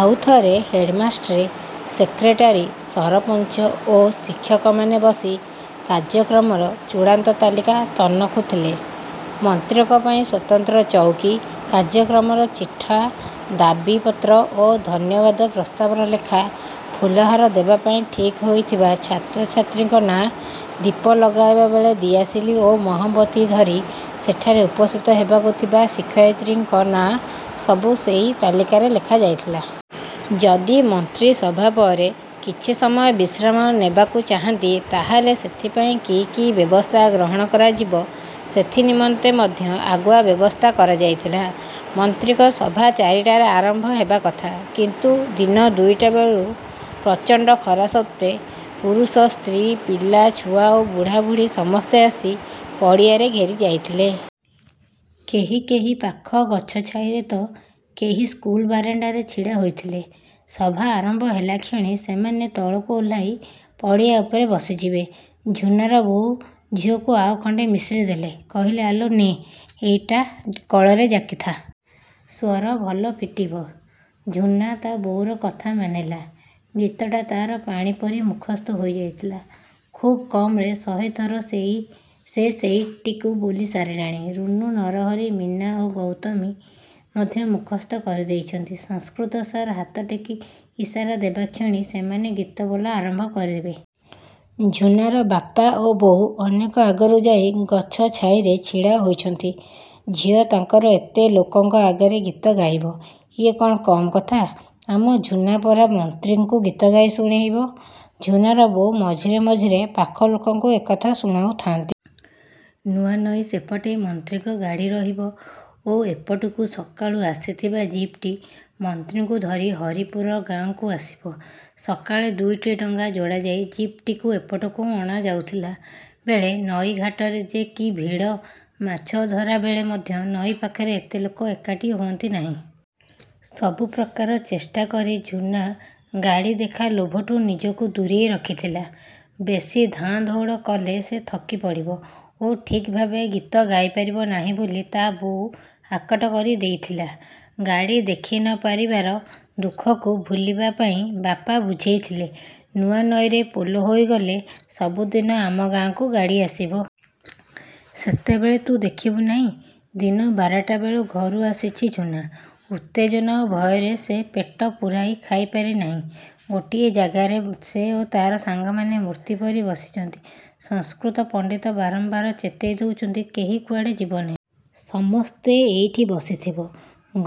ଆଉ ଥରେ ହେଡ୍‌ମାଷ୍ଟ୍ରେ, ସେକ୍ରେଟାରୀ, ସରପଞ୍ଚ ଓ ଶିକ୍ଷକମାନେ ବସି କାର୍ଯ୍ୟକ୍ରମର ଚୂଡ଼ାନ୍ତ ତାଲିକା ତନଖୁଥିଲେ। ମନ୍ତ୍ରୀଙ୍କ ପାଇଁ ସ୍ୱତନ୍ତ୍ର ଚଉକୀ, କାର୍ଯ୍ୟକ୍ରମର ଚିଠା, ଦାବି ପତ୍ର ଓ ଧନ୍ୟବାଦ ପ୍ରସ୍ତାବର ଲେଖା, ଫୁଲହାର ଦେବା ପାଇଁ ଠିକ୍ ହୋଇଥିବା ଛାତ୍ରଛାତ୍ରୀଙ୍କ ନାଁ, ଦୀପ ଲଗାଇବା ବେଳେ ଦିଆଶିଲି ଓ ମହମବତି ଧରି ସେଠାରେ ଉପସ୍ଥିତ ହେବାକୁ ଥିବା ଶିକ୍ଷୟିତ୍ରୀଙ୍କ ନାଁ ସବୁ ସେଇ ତାଲିକାରେ ଲେଖାଯାଇଥିଲା। ଯଦି ମନ୍ତ୍ରୀ ସଭା ପରେ କିଛି ସମୟ ବିଶ୍ରାମ ନେବାକୁ ଚାହାନ୍ତି ତାହେଲେ ସେଥିପାଇଁ କି କି ବ୍ୟବସ୍ଥା ଗ୍ରହଣ କରାଯିବ ସେଥି ନିମନ୍ତେ ମଧ୍ୟ ଆଗୁଆ ବ୍ୟବସ୍ଥା କରାଯାଇଥିଲା। ମନ୍ତ୍ରୀଙ୍କ ସଭା ଚାରିଟାରେ ଆରମ୍ଭ ହେବା କଥା; କିନ୍ତୁ ଦିନ ଦୁଇଟା ବେଳୁ, ପ୍ରଚଣ୍ଡ ଖରା ସତ୍ତ୍ୱେ, ପୁରୁଷ, ସ୍ତ୍ରୀ, ପିଲା, ଛୁଆ ଓ ବୁଢ଼ା ବୁଢ଼ୀ ସମସ୍ତେ ଆସି ପଡ଼ିଆରେ ଘେରି ଯାଇଥିଲେ। କେହି କେହି ପାଖ ଗଛ ଛାଇରେ ତ କେହି ସ୍କୁଲ ବାରଣ୍ଡାରେ ଛିଡ଼ା ହେଇଥିଲେ, ସଭା ଆରମ୍ଭ ହେଲାକ୍ଷଣି ସେମାନେ ତଳକୁ ଓହ୍ଲାଇ ପଡ଼ିଆ ଉପରେ ବସିଯିବେ। ଝୁନାର ବୋଉ ଝିଅକୁ ଆଉ ଖଣ୍ଡେ ମିଶ୍ରି ଦେଲେ। କହିଲେ, "ଆଲୋ ନେ, ଏଇଟା କଳରେ ଜାକିଥା। ସ୍ୱର ଭଲ ଫିଟିବ।" ଝୁନା ତା ବୋଉର କଥା ମାନିଲା। ଗୀତଟା ତାର ପାଣି ପରି ମୁଖସ୍ଥ ହୋଇ ଯାଇଥିଲା। ଖୁବ୍ କମରେ ଶହେଥର ସେ ସେଇଟିକୁ ବୋଲି ସାରିଲାଣି। ରୁନୁ, ନରହରି, ମୀନା ଓ ଗୌତମୀ ମଧ୍ୟ ମୁଖସ୍ଥ କରି ଦେଇଛନ୍ତି। ସଂସ୍କୃତ ସାର୍ ହାତଟେକି ଇସାରା ଦେବା କ୍ଷଣି ସେମାନେ ଗୀତ ବୋଲା ଆରମ୍ଭ କରିବେ। ଝୁନାର ବାପା ଓ ବୋଉ ଅନେକ ଆଗରୁ ଯାଇ ଗଛ ଛାଇରେ ଛିଡ଼ା ହୋଇଛନ୍ତି। ଝିଅ ତାଙ୍କର ଏତେ ଲୋକଙ୍କ ଆଗରେ ଗୀତ ଗାଇବ, ଇଏ କଣ କମ୍ କଥା। "ଆମ ଝୁନା ପରା ମନ୍ତ୍ରୀଙ୍କୁ ଗୀତ ଗାଇ ଶୁଣେଇବ।" ଝୁନାର ବୋଉ ମଝିରେ ମଝିରେ ପାଖ ଲୋକଙ୍କୁ ଏକଥା ଶୁଣଉଥାଆନ୍ତି। ନୂଆନଈ ସେପଟେ ମନ୍ତ୍ରୀଙ୍କ ଗାଡ଼ି ରହିବ ଓ ଏପଟକୁ ସକାଳୁ ଆସିଥିବା ଜିପ୍‌ଟି ମନ୍ତ୍ରୀଙ୍କୁ ଧରି ହରିପୁର ଗାଁକୁ ଆସିବ। ସକାଳେ ଦୁଇଟି ଡଙ୍ଗା ଯୋଡ଼ାଯାଇ ଜିପଟିକୁ ଏପଟକୁ ଅଣାଯାଉଥିଲା ବେଳେ ନଈଘାଟରେ ଯେ କି ଭିଡ଼! ମାଛଧରା ବେଳେ ମଧ୍ୟ ନଈ ପାଖରେ ଏତେ ଲୋକ ଏକାଠି ହୁଅନ୍ତି ନାହିଁ। ସବୁ ପ୍ରକାର ଚେଷ୍ଟା କରି ଝୁନା ଗାଡ଼ି ଦେଖା ଲୋଭଠୁ ନିଜକୁ ଦୂରେଇ ରଖିଥିଲା। ବେଶୀ ଧାଁ ଧଉଡ଼ କଲେ ସେ ଥକି ପଡ଼ିବ ଓ ଠିକ୍ ଭାବେ ଗୀତ ଗାଇ ପାରିବ ନାହିଁ ବୋଲି ତା ବୋଉ ଆକଟ କରି ଦେଇଥିଲା। ଗାଡ଼ି ଦେଖି ନ ପାରିବାର ଦୁଃଖକୁ ଭୁଲିବା ପାଇଁ ବାପା ବୁଝେଇଥିଲେ, ନୂଆନଈରେ ପୋଲ ହୋଇଗଲେ ସବୁଦିନ ଆମ ଗାଁକୁ ଗାଡ଼ି ଆସିବ। ସେତେବେଳେ ତୁ ଦେଖିବୁ ନାଇଁ! ଦିନ ବାରଟା ବେଳୁ ଘରୁ ଆସିଛି ଝୁନା। ଉତ୍ତେଜନା ଓ ଭୟରେ ସେ ପେଟ ପୂରାଇ ଖାଇପାରି ନାହିଁ। ଗୋଟିଏ ଜାଗାରେ ସେ ଓ ତାର ସାଙ୍ଗମାନେ ମୂର୍ତ୍ତି ପରି ବସିଛନ୍ତି। ସଂସ୍କୃତ ପଣ୍ଡିତ ବାରମ୍ବାର ଚେତେଇ ଦଇଛନ୍ତି, କେହି କୁଆଡ଼େ ଯିବ ନାହିଁ। ସମସ୍ତେ ଏଇଠି ବସିଥିବ।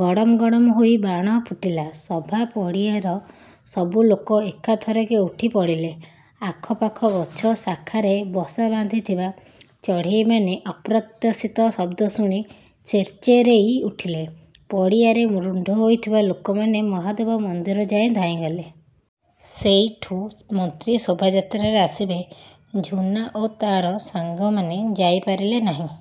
ଗଡ଼ମ୍ ଗଡମ ହୋଇ ବାଣ ଫୁଟିଲା। ସଭା ପଡ଼ିଆର ସବୁ ଲୋକ ଏକାଥରକେ ଉଠି ପଡ଼ିଲେ। ଆଖପାଖ ଗଛ ଶାଖାରେ ବସା ବାନ୍ଧିଥିବା ଚଢ଼େଇମାନେ ଅପ୍ରତ୍ୟାଶିତ ଶବ୍ଦ ଶୁଣି ଚିର୍ଚିରେଇ ଉଠିଲେ। ପଡ଼ିଆରେ ରୁଣ୍ଡ ହୋଇଥିବା ଲୋକମାନେ ମହାଦେବ ମନ୍ଦିର ଯାଏ ଧାଇଁଗଲେ। ସେଇଠୁ ମନ୍ତ୍ରୀ ଶୋଭାଯାତ୍ରାରେ ଆସିବେ। ଝୁନା ଓ ତାର ସାଙ୍ଗମାନେ ଯାଇପାରିଲେ ନାହିଁ।